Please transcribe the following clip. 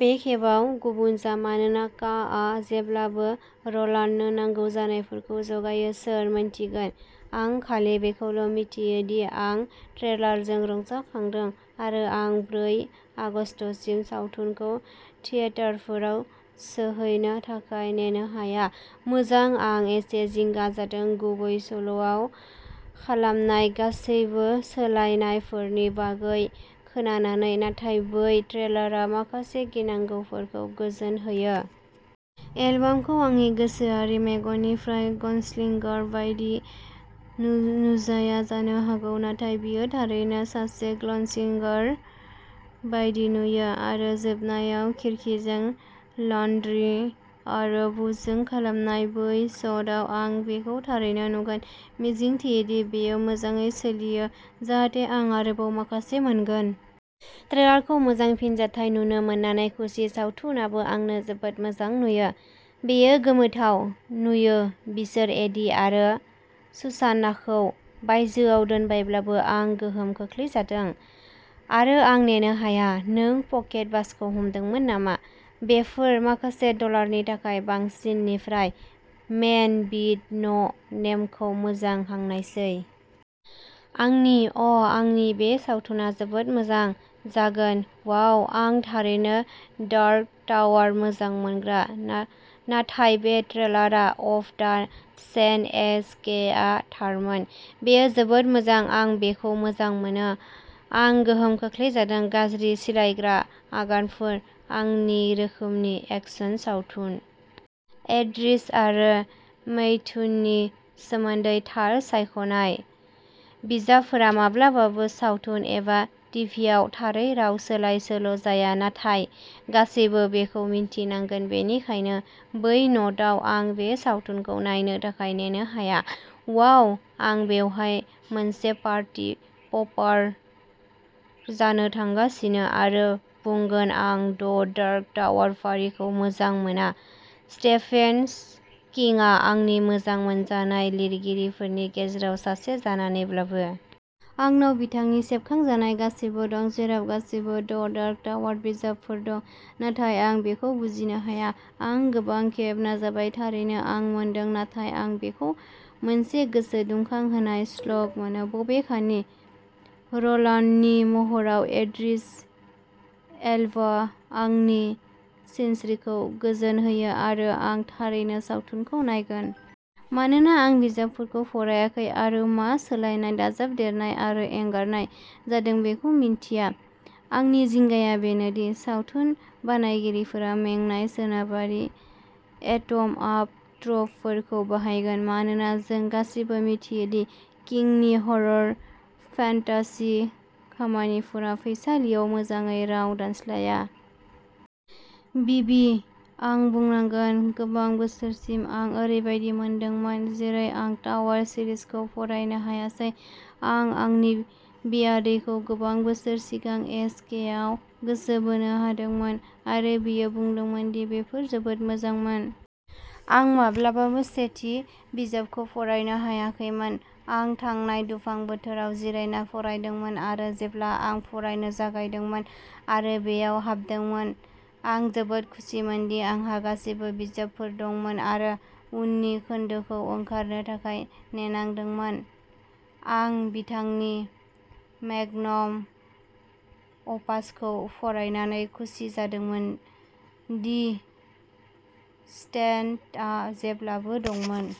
बे खेबाव गुबुन जा, मानोना का आ जेब्लाबो र'लान्डनो नांगौ जानायफोरखौ जगायो। सोर मिन्थिगोन? आं खालि बेखौल' मिथियो दि आं ट्रेलारजों रंजाखांदों आरो आं ब्रै आगस्तसिम सावथुनखौ थियेटारफोराव सौहैनो थाखाय नेनो हाया। मोजां आं एसे जिंगा जादों, गुबै सल'आव खालामनाय गासैबो सोलायनायफोरनि बागै खोनानानै नाथाय बै ट्रेलारआ माखासे गिनांगौफोरखौ गोजोन होयो। एलबाखौ आंनि गोसोआरि मेगननिफ्राय गनस्लिंगार बायदि नुजाया जानो हागौ, नाथाय बियो थारैनो सासे गनस्लिंगार बायदि नुयो। आरो जोबनायाव, खिरखिजों, लान्ड्रि आरो बुशजों खालामनाय बै शटआव आं बेखौ थारैनो नुगोन। मिजिंथियो दि बेयो मोजाङै सोलियो जाहाथे जों आरोबाव माखासे मोनगोन। ट्रेलारखौ मोजां फिनजाथाय नुनो मोननानै खुसि। सावथुनआबो आंनो जोबोद मोजां नुयो बेयो गोमोथाव नुयो बिसोर एडि आरो सुसान्नाखौ बायजोआव दोनबायब्लाबो आं गोहोम खोख्लैजादों आरो आं नेनो हाया नों पकेट वाचखौ हमदोंमोन नामा? बेफोर माखासे डलारनि थाखाय बांसिन निफ्राय मेन विद न'नेमखौ मोजां हांनायसै। आंनि अ' आंनि बे सावथुना जोबोद मोजां जागोन वाव आं थारैनो डार्क टावार मोजां मोनग्रा नाथाय बे ट्रेलारआ अफ दा चेन एस के आ थारमोन बेयो जोबोद मोजां आं बेखौ मोजां मोनो आं गोहोम खोख्लैजादों गाज्रि सिलायग्रा आगानफोर, आंनि रोखोमनि एक्शन सावथुन। इद्रिस आरो मैथ्युनि सोमोन्दै थार सायख'नाय। बिजाबफोरा माब्लाबाबो सावथुन एबा टिभिआव' थारै राव सोलाय सोल' जाया नाथाय गासैबो बेखौ मिन्थिनांगोन बेनिखायनो बै नोटआव आं बे सावथुनखौ नायनो थाखाय नेनो हाया। वाव आं बेवहाय मोनसे पार्टी प'पार जानो थांगासिनो आरो बुंगोन आं द डार्क टावार फारिखौ मोजां मोना, स्टेफेन किंआ आंनि मोजां मोनजानाय लिरगिरिफोरनि गेजेराव सासे जानानैब्लाबो। आंनाव बिथांनि सेबखांजानाय गासैबो दं, जेराव गासैबो द डार्क टावार बिजाबफोर दं, नाथाय आं बेखौ बुजिनो हाया। आं गोबां खेब नाजाबाय, थारैनो आं मोनदों, नाथाय आं बेखौ मोनसे गोसो दुंखांहोनाय स्लग मोनो। बबेखानि र'लान्डनि महराव इद्रिस एल्बा आंनि सिनस्रिखौ गोजोन होयो आरो आं थारैनो सावथुनखौ नायगोन। मानोना आं बिजाबफोरखौ फरायाखै आरो मा सोलायनाय, दाजाबदेरनाय, आरो एंगारनाय जादों बेखौ मिन्थिया आंनि जिंगाया बेनो दि सावथुन बानायगिरिफोरा मेंनाय सोनाबारि ट'एम आप ट्रपफोरखौ बाहायगोन मानोना जों गासैबो मिथियो दि किंनि हरर फेन्टासि खामानिफोरा फैसालियाव मोजाङै राव दानस्लाया। बिबि, आं बुंनांगोन, गोबां बोसोरसिम आं ओरैबायदि मोनदोंमोन जेरै आं टावार सिरिजखौ फरायनो हायासै। आं आंनि बियादैखौ गोबां बोसोर सिगां एस के आव गोसो बोनो हादोंमोन आरो बियो बुंदोंमोन दि बेफोर जोबोद मोजांमोन। आं माब्लाबाबो सेथि बिजाबखौ फरायनो हायाखैमोन। आं थांनाय दुफां बोथोराव जिरायना फरायदोंमोन, आरो जेब्ला आं फरायनो जागायदोंमोन आरो बेयाव हाबदोंमोन, आं जोबोद खुसिमोनदि आंहा गासैबो बिजाबफोर दंमोन आरो उननि खोन्दोखौ ओंखारनो थाखाय नेनांदोंमोन आं बिथांनि मेग्नम अपासखौ फरायनानै खुसि जादोंमोन। दि स्टेन्डआ जेब्लाबो दंमोन।